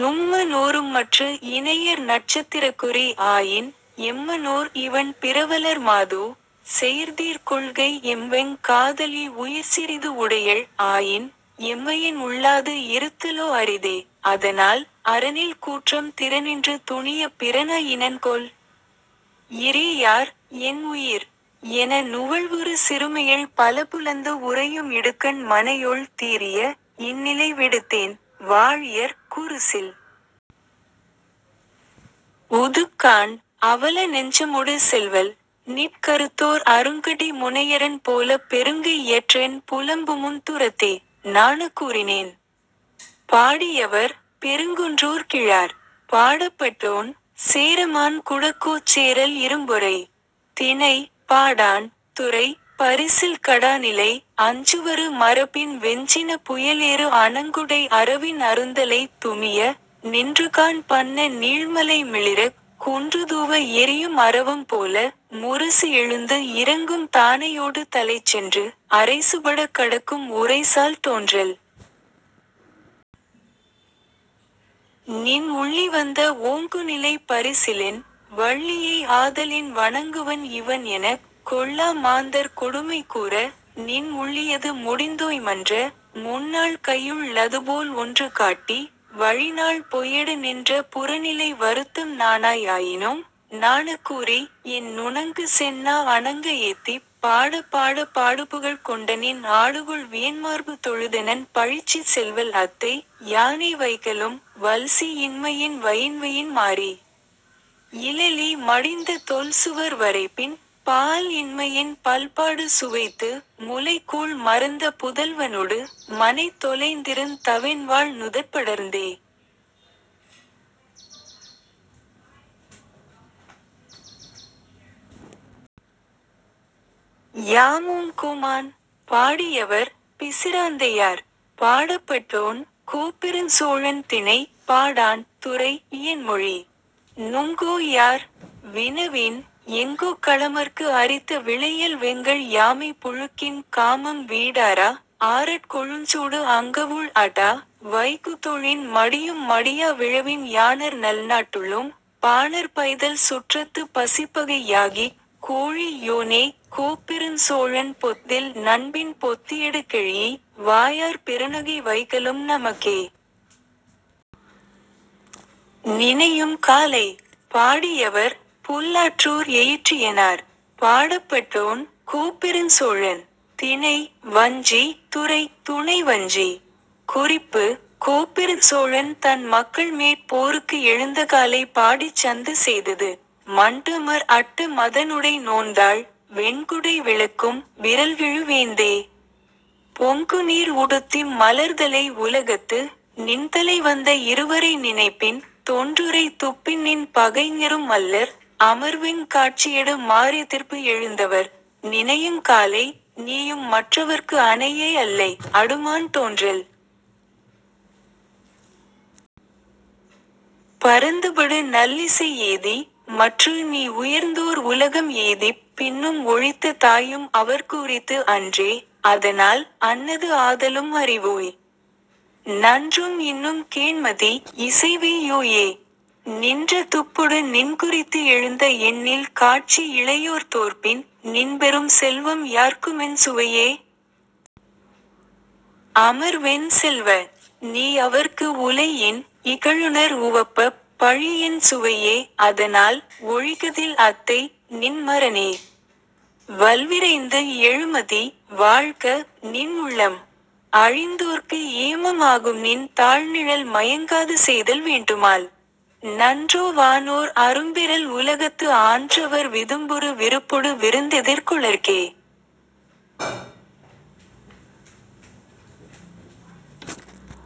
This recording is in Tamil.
நும்ம னோரும்மற்று இனையர் ஆயின், எம்மனோர் இவண் பிறவலர் மாதோ; செயிர்தீர் கொள்கை எம்வெங் காதலி உயிர்சிறிது உடையள் ஆயின், எம்வயின் உள்ளாது இருத்தலோ அரிதே; அதனால், அறனில் கூற்றம் திறனின்று துணியப் பிறனா யினன்கொல்? இறீஇயர், என் உயிர்! என நுவல்வுறு சிறுமையள் பலபுலந்து உறையும் இடுக்கண் மனையோள் தீரிய, இந்நிலை விடுத்தேன்; வாழியர், குருசில்! உதுக்காண்: அவல நெஞ்சமொடு செல்வல்: நிற் கறுத்தோர் அருங்கடி முனையரண் போலப் பெருங்கை யற்றஎன் புலம்புமுந் துறத்தே.. நாணக் கூறினேன்! பாடியவர்: பெருங்குன்றூர் கிழார். பாடப்பட்டோன்: சேரமான் குடக்கோச் சேரல் இரும்பொறை. திணை: பாடாண்: துறை: பரிசில் கடாநிலை. அஞ்சுவரு மரபின் வெஞ்சினப் புயலேறு அணங்குடை அரவின் அருந்தலை துமிய, நின்றுகாண் பன்ன நீள்மலை மிளிரக், குன்றுதூவ எறியும் அரவம் போல, முரசு எழுந்து இரங்கும் தானையோடு தலைச்சென்று, அரைசுபடக் கடக்கும் உரைசால் தோன்றல்! நின் உள்ளி வந்த ஓங்குநிலைப் பரிசிலென், வள்ளியை ஆதலின் வணங்குவன் இவன் எனக், கொள்ளா மாந்தர் கொடுமை கூற, நின் உள்ளியது முடிந்தோய் மன்ற; முன்னாள் கையுள் ளதுபோல் காட்டி, வழிநாள் பொய்யடு நின்ற புறநிலை வருத்தம் நாணாய் ஆயினும், நாணக் கூறி, என் நுணங்கு செந்நா அணங்க ஏத்திப், பாடப் பாடப் பாடுபுகழ் கொண்டநின் ஆடுகொள் வியன்மார்பு தொழுதெனன் பழிச்சிச் செல்வல் அத்தை, யானே வைகலும், வல்சி இன்மையின் வயின்வயின் மாறி, இல்எலி மடிந்த தொல்சுவர் வரைப்பின், பாஅல் இன்மையின் பல்பாடு சுவைத்து, முலைக்கோள் மறந்த புதல்வனொடு, மனைத் தொலைந்திருந் தவென்வாள் நுதற் படர்ந்தே.. யாம் உம் கோமான்? பாடியவர்: பிசிராந்தையார். பாடப்பட்டோன்: கோப்பெருஞ் சோழன் திணை: பாடாண்: துறை: இயன்மொழி. நுங்கோ யார்? வினவின், எங்கோக் களமர்க்கு அரித்த விளையல் வெங்கள் யாமைப் புழுக்கின் காமம் வீடஆரா, ஆரற் கொழுஞ்சூடு அங்கவுள் அடாஅ, வைகுதொழின் மடியும் மடியா விழவின் யாணர் நல்நாட் டுள்ளும், பாணர் பைதல் சுற்றத்துப் பசிப்பகை யாகிக், கோழி யோனே, கோப்பெருஞ் சோழன் பொத்தில் நண்பின் பொத்தியடு கெழீஇ, வாயார் பெருநகை வைகலும் நமக்கே.. நினையும் காலை! பாடியவர்: புல்லாற்றூர் எயிற்றியனார். பாடப்பட்டோன்: கோப்பெருஞ் சோழன். திணை: வஞ்சி: துறை: துணை வஞ்சி. குறிப்பு: கோப்பெருஞ்சோழன் தன் மக்கள்மேற் போருக்கு எழுந்தகாலைப் பாடிச் சந்து செய்தது. மண்டுஅமர் அட்ட மதனுடை நோன்தாள், வெண்குடை விளக்கும், விறல்கெழு வேந்தே! பொங்குநீர் உடுத்தஇம் மலர்தலை உலகத்து, நின்தலை வந்த இருவரை நினைப்பின், தொன்றுறை துப்பின்நின் பகைஞரும் அல்லர், அமர்வெங் காட்சியடு மாறுஎதிர்பு எழுந்தவர்: நினையுங் காலை, நீயும் மற்றவர்க்கு அனையை அல்லை; அடுமான் தோன்றல்! பரந்துபடு நல்லிசை எய்தி, மற்று நீ உயர்ந்தோர் உலகம் எய்திப்; பின்னும் ஒழித்த தாயும் அவர்க்குஉரித்து அன்றே; அதனால், அன்னது ஆதலும் அறிவோய்! நன்றும் இன்னும் கேண்மதி, இசைவெய் யோயே! நின்ற துப்பொடு நின்குறித்து எழுந்த எண்ணில் காட்சி இளையோர் தோற்பின், நின்பெரும் செல்வம் யார்க்கும்எஞ் சுவையே? அமர்வெஞ் செல்வ! நீ அவர்க்கு உலையின், இகழுநர் உவப்பப், பழியெஞ் சுவையே; அதனால், ஒழிகதில் அத்தை, நின் மறனே! வல்விரைந்து எழுமதி; வாழ்க, நின் உள்ளம்! அழிந்தோர்க்கு ஏமம் ஆகும்நின் தாள்நிழல் மயங்காது செய்தல் வேண்டுமால். நன்றோ வானோர் அரும்பெறல் உலகத்து ஆன்றவர் விதும்புறு விருப்பொடு விருந்தெதிர் கொளற்கே..